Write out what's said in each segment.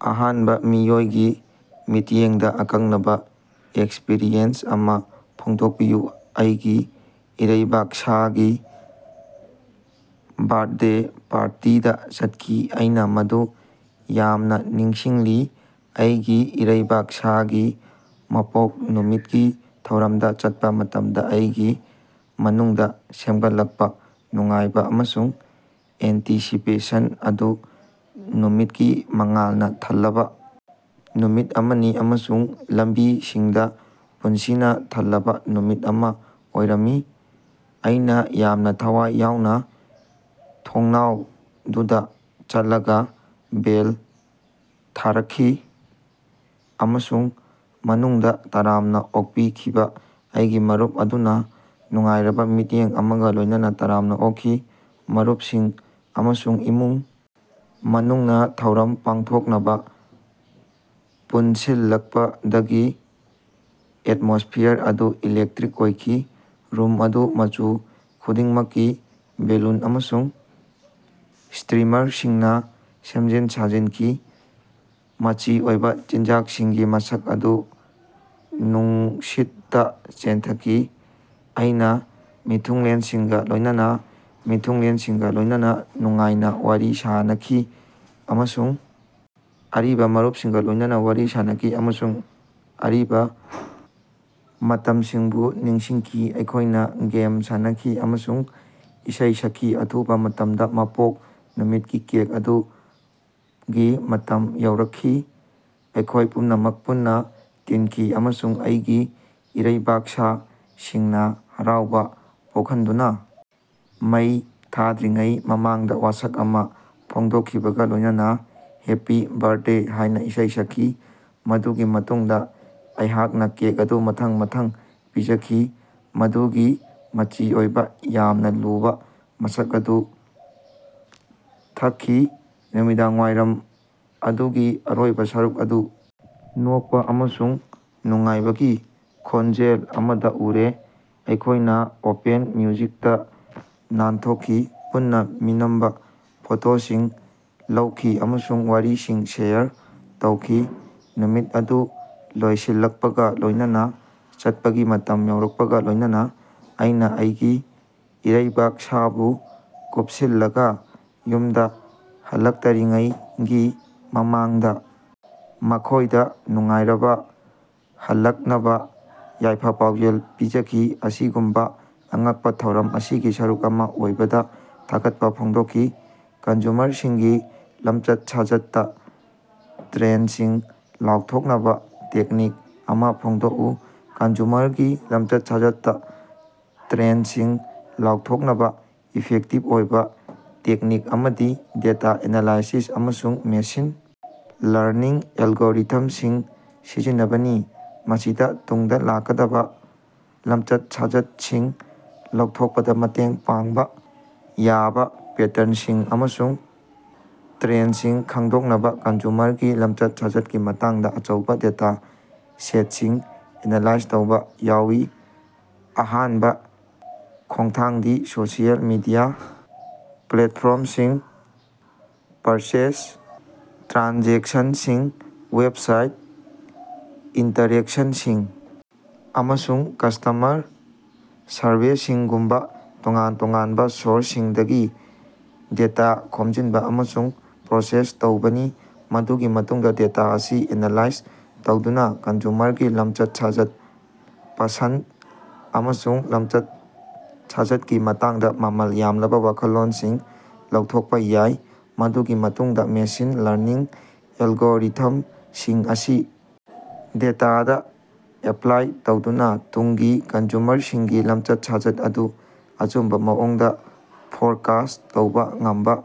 ꯑꯍꯥꯟꯕ ꯃꯤꯑꯣꯏꯒꯤ ꯃꯤꯠꯌꯦꯡꯗ ꯑꯀꯛꯅꯕ ꯑꯦꯛꯁꯄꯤꯔꯤꯌꯦꯟꯁ ꯑꯃ ꯐꯣꯡꯗꯣꯛꯄꯤꯌꯨ꯫ ꯑꯩꯒꯤ ꯏꯔꯩꯕꯥꯛꯁꯥꯒꯤ ꯕ꯭ꯔꯥꯊꯗꯦ ꯄꯥꯔꯇꯤꯗ ꯆꯠꯈꯤ꯫ ꯑꯩꯅ ꯃꯗꯨ ꯌꯥꯝꯅ ꯅꯤꯡꯁꯤꯡꯂꯤ, ꯑꯩꯒꯤ ꯏꯔꯩꯕꯥꯛꯁꯥꯒꯤ ꯃꯄꯣꯛ ꯅꯨꯃꯤꯠꯀꯤ ꯊꯧꯔꯝꯗ ꯆꯠꯄ ꯃꯇꯝꯗ ꯑꯩꯒꯤ ꯃꯅꯨꯡꯗ ꯁꯦꯝꯒꯠꯂꯛꯄ ꯅꯨꯡꯉꯥꯏꯕ ꯑꯃꯁꯨꯡ ꯑꯦꯟꯇꯤꯁꯤꯄꯦꯁꯟ ꯑꯗꯨ꯫ ꯅꯨꯃꯤꯠꯀꯤ ꯃꯉꯥꯜꯅ ꯊꯜꯂꯕꯥ ꯅꯨꯃꯤꯠ ꯑꯃꯅꯤ ꯑꯃꯁꯨꯡ ꯂꯝꯕꯤꯁꯤꯡꯗ ꯄꯨꯟꯁꯤꯅ ꯊꯜꯂꯕꯥ ꯅꯨꯃꯤꯠ ꯑꯃ ꯑꯣꯏꯔꯝꯃꯤ꯫ ꯑꯩꯅ ꯌꯥꯝꯅ ꯊꯋꯥꯏ ꯌꯥꯎꯅ ꯊꯣꯡꯅꯥꯎꯗꯨꯗ ꯆꯠꯂꯒꯥ ꯕꯦꯜ ꯊꯥꯔꯛꯈꯤ ꯑꯃꯁꯨꯡ ꯃꯅꯨꯡꯗ ꯇꯔꯥꯝꯅ ꯑꯣꯛꯄꯤꯈꯤꯕ ꯑꯩꯒꯤ ꯃꯔꯨꯞ ꯑꯗꯨꯅ ꯅꯨꯡꯉꯥꯏꯔꯕꯥ ꯃꯤꯠꯌꯦꯡ ꯑꯃꯒ ꯂꯣꯏꯅꯅ ꯇꯔꯥꯝꯅ ꯑꯣꯛꯈꯤ꯫ ꯃꯔꯨꯞꯁꯤꯡ ꯑꯃꯁꯨꯡ ꯏꯃꯨꯡ ꯃꯅꯨꯡꯅ ꯊꯧꯔꯝ ꯄꯥꯡꯊꯣꯛꯅꯕ ꯄꯨꯟꯁꯤꯜꯂꯛꯄꯗꯒꯤ ꯑꯦꯠꯃꯣꯁ꯭ꯐꯤꯌꯥꯔ ꯑꯗꯨ ꯏꯂꯦꯛꯇꯔꯤꯛ ꯑꯣꯏꯈꯤ꯫ ꯔꯨꯝ ꯑꯗꯨ ꯃꯆꯨ ꯈꯨꯗꯤꯡꯃꯛꯀꯤ ꯕꯦꯂꯨꯟ ꯑꯃꯁꯨꯡ ꯁ꯭ꯇꯔꯤꯃꯔꯁꯤꯡꯅ ꯁꯦꯝꯖꯤꯟ ꯁꯥꯖꯤꯟꯈꯤ, ꯃꯆꯤ ꯑꯣꯏꯕ ꯆꯤꯟꯖꯥꯛꯁꯤꯡꯒꯤ ꯃꯁꯛ ꯑꯗꯨ ꯅꯨꯡꯁꯤꯠꯇ ꯆꯦꯟꯊꯈꯤ꯫ ꯑꯩꯅ ꯃꯤꯊꯨꯡꯂꯦꯟꯁꯤꯡꯒ ꯂꯣꯏꯅꯅ ꯃꯤꯊꯨꯡꯂꯦꯟꯁꯤꯡꯒ ꯂꯣꯏꯅꯅ ꯅꯨꯡꯉꯥꯏꯅ ꯋꯥꯔꯤ ꯁꯥꯅꯈꯤ ꯑꯃꯁꯨꯡ ꯑꯔꯤꯕ ꯃꯔꯨꯞꯁꯤꯡꯒ ꯂꯣꯏꯅꯅꯥ ꯋꯥꯔꯤ ꯁꯥꯅꯈꯤ ꯑꯃꯁꯨꯡ ꯑꯔꯤꯕ ꯃꯇꯝꯁꯤꯡꯕꯨ ꯅꯤꯡꯁꯤꯡꯈꯤ꯫ ꯑꯩꯈꯣꯏꯅ ꯒꯦꯝ ꯁꯥꯟꯅꯈꯤ ꯑꯃꯁꯨꯡ ꯏꯁꯩ ꯁꯛꯈꯤ, ꯑꯊꯨꯕ ꯃꯇꯝꯗ ꯃꯄꯣꯛ ꯅꯨꯃꯤꯠꯀꯤ ꯀꯦꯛ ꯑꯗꯨꯒꯤ ꯃꯇꯝ ꯌꯧꯔꯛꯈꯤ꯫ ꯑꯩꯈꯣꯏ ꯄꯨꯝꯅꯃꯛ ꯄꯨꯟꯅ ꯇꯤꯟꯈꯤ ꯑꯃꯁꯨꯡ ꯑꯩꯒꯤ ꯏꯔꯩꯕꯥꯛꯁꯥ ꯁꯤꯡꯅ ꯍꯔꯥꯎꯕ ꯄꯣꯛꯍꯟꯗꯨꯅ ꯃꯩ ꯊꯥꯗ꯭ꯔꯤꯉꯩ ꯃꯃꯥꯡꯗ ꯋꯥꯁꯛ ꯑꯃ ꯐꯣꯡꯗꯣꯛꯈꯤꯕꯒ ꯂꯣꯏꯅꯅꯥ ꯍꯦꯞꯄꯤ ꯕ꯭ꯔꯊꯗꯦ ꯍꯥꯏꯅ ꯏꯁꯩ ꯁꯛꯈꯤ꯫ ꯃꯗꯨꯒꯤ ꯃꯇꯨꯡꯗ ꯑꯩꯈꯣꯏꯅ ꯀꯦꯛ ꯑꯗꯨ ꯃꯊꯪ ꯃꯊꯪ ꯄꯤꯖꯈꯤ, ꯃꯗꯨꯒꯤ ꯃꯆꯤ ꯑꯣꯏꯕ, ꯌꯥꯝꯅ ꯂꯨꯕ ꯃꯁꯛ ꯑꯗꯨ ꯊꯛꯈꯤ꯫ ꯅꯨꯃꯤꯗꯥꯡꯋꯥꯏꯔꯝ ꯑꯗꯨꯒꯤ ꯑꯔꯣꯏꯕ ꯁꯔꯨꯛ ꯑꯗꯨ ꯅꯣꯛꯄ ꯑꯃꯁꯨꯡ ꯅꯨꯡꯉꯥꯏꯕꯒꯤ ꯈꯣꯟꯖꯦꯜ ꯑꯃꯗ ꯎꯔꯦ, ꯑꯩꯈꯣꯏꯅ ꯑꯄꯦꯟ ꯃ꯭ꯌꯨꯖꯤꯛꯇ ꯅꯥꯟꯊꯣꯛꯈꯤ, ꯄꯨꯟꯅ ꯃꯤꯅꯝꯕ ꯐꯣꯇꯣꯁꯤꯡ ꯂꯧꯈꯤ ꯑꯃꯁꯨꯡ ꯋꯥꯔꯤꯁꯤꯡ ꯁꯦꯌꯔ ꯇꯧꯈꯤ꯫ ꯅꯨꯃꯤꯠ ꯑꯗꯨ ꯂꯣꯏꯁꯤꯜꯂꯛꯄꯒ ꯂꯣꯏꯅꯅ ꯆꯠꯄꯒꯤ ꯃꯇꯝ ꯌꯧꯔꯛꯄꯒ ꯂꯣꯏꯅꯅꯥ ꯑꯩꯅꯥ ꯑꯩꯒꯤ ꯏꯔꯩꯕꯥꯛꯁꯥꯕꯨ ꯀꯨꯞꯁꯤꯜꯂꯒꯥ ꯌꯨꯝꯗ ꯍꯜꯂꯛꯇꯔꯤꯉꯩꯒꯤ ꯃꯃꯥꯡꯗ ꯃꯈꯣꯏꯗ ꯅꯨꯡꯉꯥꯏꯔꯕꯥ ꯍꯜꯂꯛꯅꯕ ꯌꯥꯏꯐ-ꯄꯥꯎꯖꯦꯜ ꯄꯤꯖꯈꯤ, ꯑꯁꯤꯒꯨꯝꯕꯥ ꯑꯉꯛꯄ ꯊꯧꯔꯝ ꯑꯁꯤꯒꯤ ꯁꯔꯨꯛ ꯑꯃ ꯑꯣꯏꯕꯗꯥ ꯊꯥꯒꯠꯄ ꯐꯣꯡꯗꯣꯛꯈꯤ꯫ ꯀꯟꯖꯨꯃꯔꯁꯤꯡꯒꯤ ꯂꯝꯆꯠ-ꯁꯥꯖꯠꯇ ꯇ꯭ꯔꯦꯟꯗꯁꯤꯡ ꯂꯥꯎꯊꯣꯛꯅꯕꯥ ꯇꯦꯛꯅꯤꯛ ꯑꯃ ꯐꯣꯡꯗꯣꯛꯎ꯫ ꯀꯟꯖꯨꯃꯔꯒꯤ ꯂꯝꯆꯠ-ꯁꯥꯖꯠꯇ ꯇ꯭ꯔꯦꯟꯗꯁꯤꯡ ꯂꯥꯎꯊꯣꯛꯅꯕꯥ ꯏꯐꯦꯛꯇꯤꯕ ꯑꯣꯏꯕ ꯇꯦꯛꯅꯤꯛ ꯑꯃꯗꯤ ꯗꯦꯇꯥ ꯑꯦꯅꯥꯂꯥꯏꯁꯤꯁ ꯑꯃꯁꯨꯡ ꯃꯦꯁꯤꯟ ꯂꯔꯅꯤꯡ ꯑꯦꯜꯒꯣꯔꯤꯊꯝꯁꯤꯡ ꯁꯤꯖꯤꯟꯅꯕꯅꯤ꯫ ꯃꯁꯤꯗ ꯇꯨꯡꯗ ꯂꯥꯛꯀꯗꯕꯥ ꯂꯝꯆꯠ-ꯁꯥꯖꯠꯁꯤꯡ ꯂꯧꯊꯣꯛꯄꯗ ꯃꯇꯦꯡ ꯄꯥꯡꯕ ꯌꯥꯕ ꯄꯦꯇꯔꯟꯁꯤꯡ ꯑꯃꯁꯨꯡ ꯇ꯭ꯔꯦꯟꯗꯁꯤꯡ ꯈꯪꯗꯣꯛꯅꯕ ꯀꯟꯖꯨꯃꯔꯒꯤ ꯂꯝꯆꯠ-ꯁꯥꯖꯠꯀꯤ ꯃꯇꯥꯡꯗ ꯑꯆꯧꯕ ꯗꯦꯇꯥ ꯁꯦꯠꯁꯤꯡ ꯑꯦꯅꯥꯂꯥꯏꯖ ꯇꯧꯕ ꯌꯥꯎꯏ꯫ ꯑꯍꯥꯟꯕ ꯈꯣꯡꯊꯥꯡꯗꯤ ꯁꯣꯁꯤꯑꯦꯜ ꯃꯤꯗꯤꯌꯥ ꯄ꯭ꯂꯦꯠꯐꯣꯔꯝꯁꯤꯡ, ꯄꯔꯆꯦꯖ ꯇ꯭ꯔꯥꯟꯖꯦꯛꯁꯟꯁꯤꯡ, ꯋꯦꯕꯁꯥꯏꯠ ꯏꯟꯇꯥꯔꯦꯛꯁꯟꯁꯤꯡ, ꯑꯃꯁꯨꯡ ꯀꯁ꯭ꯇꯃꯔ ꯁꯔꯚꯦꯁꯤꯡꯒꯨꯝꯕ ꯇꯣꯉꯥꯟ-ꯇꯣꯉꯥꯟꯕ ꯁꯣꯔꯁꯁꯤꯡꯗꯒꯤ ꯗꯦꯇꯥ ꯈꯣꯝꯖꯤꯟꯕ ꯑꯃꯁꯨꯡ ꯄ꯭ꯔꯣꯁꯦꯁ ꯇꯧꯕꯅꯤ꯫ ꯃꯗꯨꯒꯤ ꯃꯇꯨꯡꯗ ꯗꯦꯇꯥ ꯑꯁꯤ ꯑꯦꯅꯥꯂꯥꯏꯖ ꯇꯧꯗꯨꯅ ꯀꯟꯖꯨꯃꯔꯒꯤ ꯂꯝꯆꯠ-ꯁꯥꯖꯠ, ꯄꯁꯟꯗ ꯑꯃꯁꯨꯡ ꯂꯝꯆꯠ-ꯁꯥꯖꯠꯀꯤ ꯃꯇꯥꯡꯗ ꯃꯃꯜ ꯌꯥꯝꯂꯕ ꯋꯥꯈꯜꯂꯣꯟꯁꯤꯡ ꯂꯧꯊꯣꯛꯄ ꯌꯥꯏ꯫ ꯃꯗꯨꯒꯤ ꯃꯇꯨꯡꯗ ꯃꯦꯁꯤꯟ ꯂꯔꯅꯤꯡ ꯑꯦꯜꯒꯣꯔꯤꯊꯝꯁꯤꯡ ꯑꯁꯤ ꯗꯦꯇꯥꯗ ꯑꯦꯄ꯭ꯂꯥꯏ ꯇꯧꯗꯨꯅ ꯇꯨꯡꯒꯤ ꯀꯟꯖꯨꯃꯔꯁꯤꯡꯒꯤ ꯂꯝꯆꯠ-ꯁꯥꯖꯠ ꯑꯗꯨ ꯑꯆꯨꯝꯕ ꯃꯑꯣꯡꯗ ꯐꯣꯔꯀꯥꯁ꯭ꯠ ꯇꯧꯕ ꯉꯝꯕ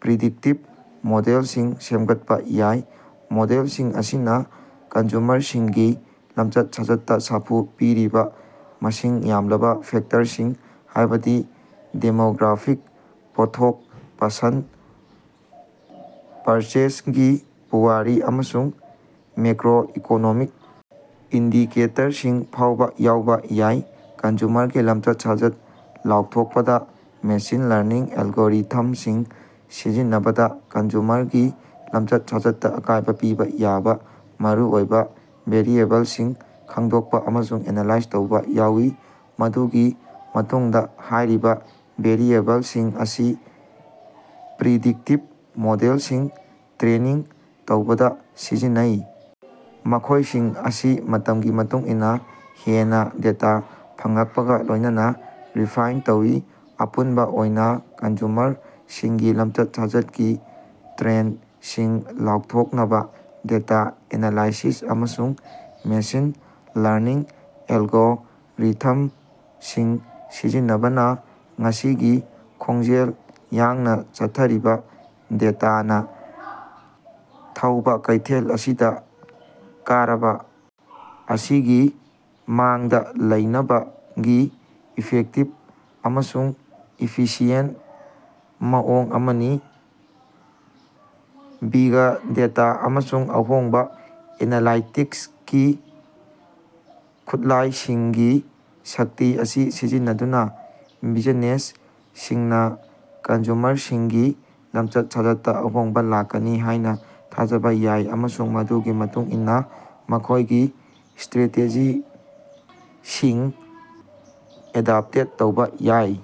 ꯄ꯭ꯔꯤꯗꯤꯛꯇꯤꯚ ꯃꯣꯗꯦꯜꯁꯤꯡ ꯁꯦꯝꯒꯠꯄ ꯌꯥꯏ꯫ ꯃꯣꯗꯦꯜꯁꯤꯡ ꯑꯁꯤꯅ ꯀꯟꯖꯨꯃꯔꯁꯤꯡꯒꯤ ꯂꯝꯆꯠ-ꯁꯥꯖꯠꯇ ꯁꯥꯐꯨ ꯄꯤꯔꯤꯕ ꯃꯁꯤꯡ ꯌꯥꯝꯂꯕꯥ ꯐꯦꯛꯇꯔꯁꯤꯡ ꯍꯥꯏꯕꯗꯤ ꯗꯦꯃꯣꯒ꯭ꯔꯥꯐꯤꯛ, ꯄꯣꯠꯊꯣꯛ ꯄꯁꯟꯗ, ꯄꯔꯆꯦꯖꯒꯤ ꯄꯨꯋꯥꯔꯤ, ꯑꯃꯁꯨꯡ ꯃꯦꯀ꯭ꯔꯣ-ꯏꯀꯣꯅꯣꯃꯤꯛ ꯏꯟꯗꯤꯀꯦꯇꯔꯁꯤꯡ ꯐꯥꯎꯕ ꯌꯥꯎꯕ ꯌꯥꯏ꯫ ꯀꯟꯖꯨꯃꯔꯒꯤ ꯂꯝꯆꯠ-ꯁꯥꯖꯠ ꯂꯥꯎꯊꯣꯛꯄꯗ ꯃꯦꯁꯤꯟ ꯂꯔꯅꯤꯡ ꯑꯦꯜꯒꯣꯔꯤꯊꯝꯁꯤꯡ ꯁꯤꯖꯤꯟꯅꯕꯗ ꯀꯟꯖꯨꯃꯔꯒꯤ ꯂꯝꯆꯠ-ꯁꯥꯖꯠꯇ ꯑꯀꯥꯏꯕ ꯄꯤꯕ ꯌꯥꯕ ꯃꯔꯨꯑꯣꯏꯕ ꯚꯦꯔꯤꯑꯦꯕꯜꯁꯤꯡ ꯈꯪꯗꯣꯛꯄ ꯑꯃꯁꯨꯡ ꯑꯦꯅꯥꯂꯥꯏꯖ ꯇꯧꯕ ꯌꯥꯎꯏ꯫ ꯃꯗꯨꯒꯤ ꯃꯇꯨꯡꯗ ꯍꯥꯏꯔꯤꯕ ꯚꯦꯔꯤꯑꯦꯕꯜꯁꯤꯡ ꯑꯁꯤ ꯄ꯭ꯔꯤꯗꯤꯛꯇꯤꯚ ꯃꯣꯗꯦꯜꯁꯤꯡ ꯇ꯭ꯔꯦꯅꯤꯡ ꯇꯧꯕꯗ ꯁꯤꯖꯤꯟꯅꯩ, ꯃꯈꯣꯏꯁꯤꯡ ꯑꯁꯤ ꯃꯇꯝꯒꯤ ꯃꯇꯨꯡ ꯏꯟꯅ ꯍꯦꯟꯅ ꯗꯦꯇꯥ ꯐꯪꯂꯛꯄꯒ ꯂꯣꯏꯅꯅ ꯔꯤꯐꯥꯏꯟ ꯇꯧꯏ꯫ ꯑꯄꯨꯟꯕ ꯑꯣꯏꯅ, ꯀꯟꯖꯨꯃꯔꯁꯤꯡꯒꯤ ꯂꯝꯆꯠ-ꯁꯥꯖꯠꯀꯤ ꯇ꯭ꯔꯦꯟꯗꯁꯤꯡ ꯂꯥꯎꯊꯣꯛꯅꯕꯥ ꯗꯦꯇꯥ ꯑꯦꯅꯥꯂꯥꯏꯁꯤꯁ ꯑꯃꯁꯨꯡ ꯃꯦꯁꯤꯟ ꯂꯔꯅꯤꯡ ꯑꯦꯜꯒꯣꯔꯤꯊꯃꯁꯤꯡ ꯁꯤꯖꯤꯟꯅꯕꯅꯥ ꯉꯁꯤꯒꯤ ꯈꯣꯡꯖꯦꯜ ꯌꯥꯡꯅ ꯆꯠꯊꯔꯤꯕ, ꯗꯦꯇꯥꯅ ꯊꯧꯕꯥ ꯀꯩꯊꯦꯜ ꯑꯁꯤꯗ ꯀꯔꯕ ꯑꯁꯤꯒꯤ ꯃꯥꯡꯗ ꯂꯩꯅꯕꯒꯤ ꯏꯐꯦꯛꯇꯤꯕ ꯑꯃꯁꯨꯡ ꯏꯐꯤꯁꯤꯌꯦꯟꯇ ꯃꯑꯣꯡ ꯑꯃꯅꯤ꯫ ꯕꯤꯒ ꯗꯦꯇꯥ ꯑꯃꯁꯨꯡ ꯑꯍꯣꯡꯕ ꯑꯦꯅꯥꯂꯥꯏꯇꯤꯛꯁꯀꯤ ꯈꯨꯠꯂꯥꯏꯁꯤꯡꯒꯤ ꯁꯛꯇꯤ ꯑꯁꯤ ꯁꯤꯖꯤꯟꯅꯗꯨꯅ ꯕꯤꯖꯤꯅꯦꯁꯁꯤꯡꯅ ꯀꯟꯖꯨꯃꯔꯁꯤꯡꯒꯤ ꯂꯝꯆꯠ-ꯁꯥꯖꯠꯇ ꯑꯍꯣꯡꯕ ꯂꯥꯛꯀꯅꯤ ꯍꯥꯏꯅ ꯊꯥꯖꯕ ꯌꯥꯏ ꯑꯃꯁꯨꯡ ꯃꯗꯨꯒꯤ ꯃꯇꯨꯡ ꯏꯟꯅ ꯃꯈꯣꯏꯒꯤ ꯁ꯭ꯊꯔꯦꯇꯦꯖꯤꯁꯤꯡ ꯑꯦꯗ꯭ꯞꯇꯦꯠ ꯇꯧꯕ ꯌꯥꯏ꯫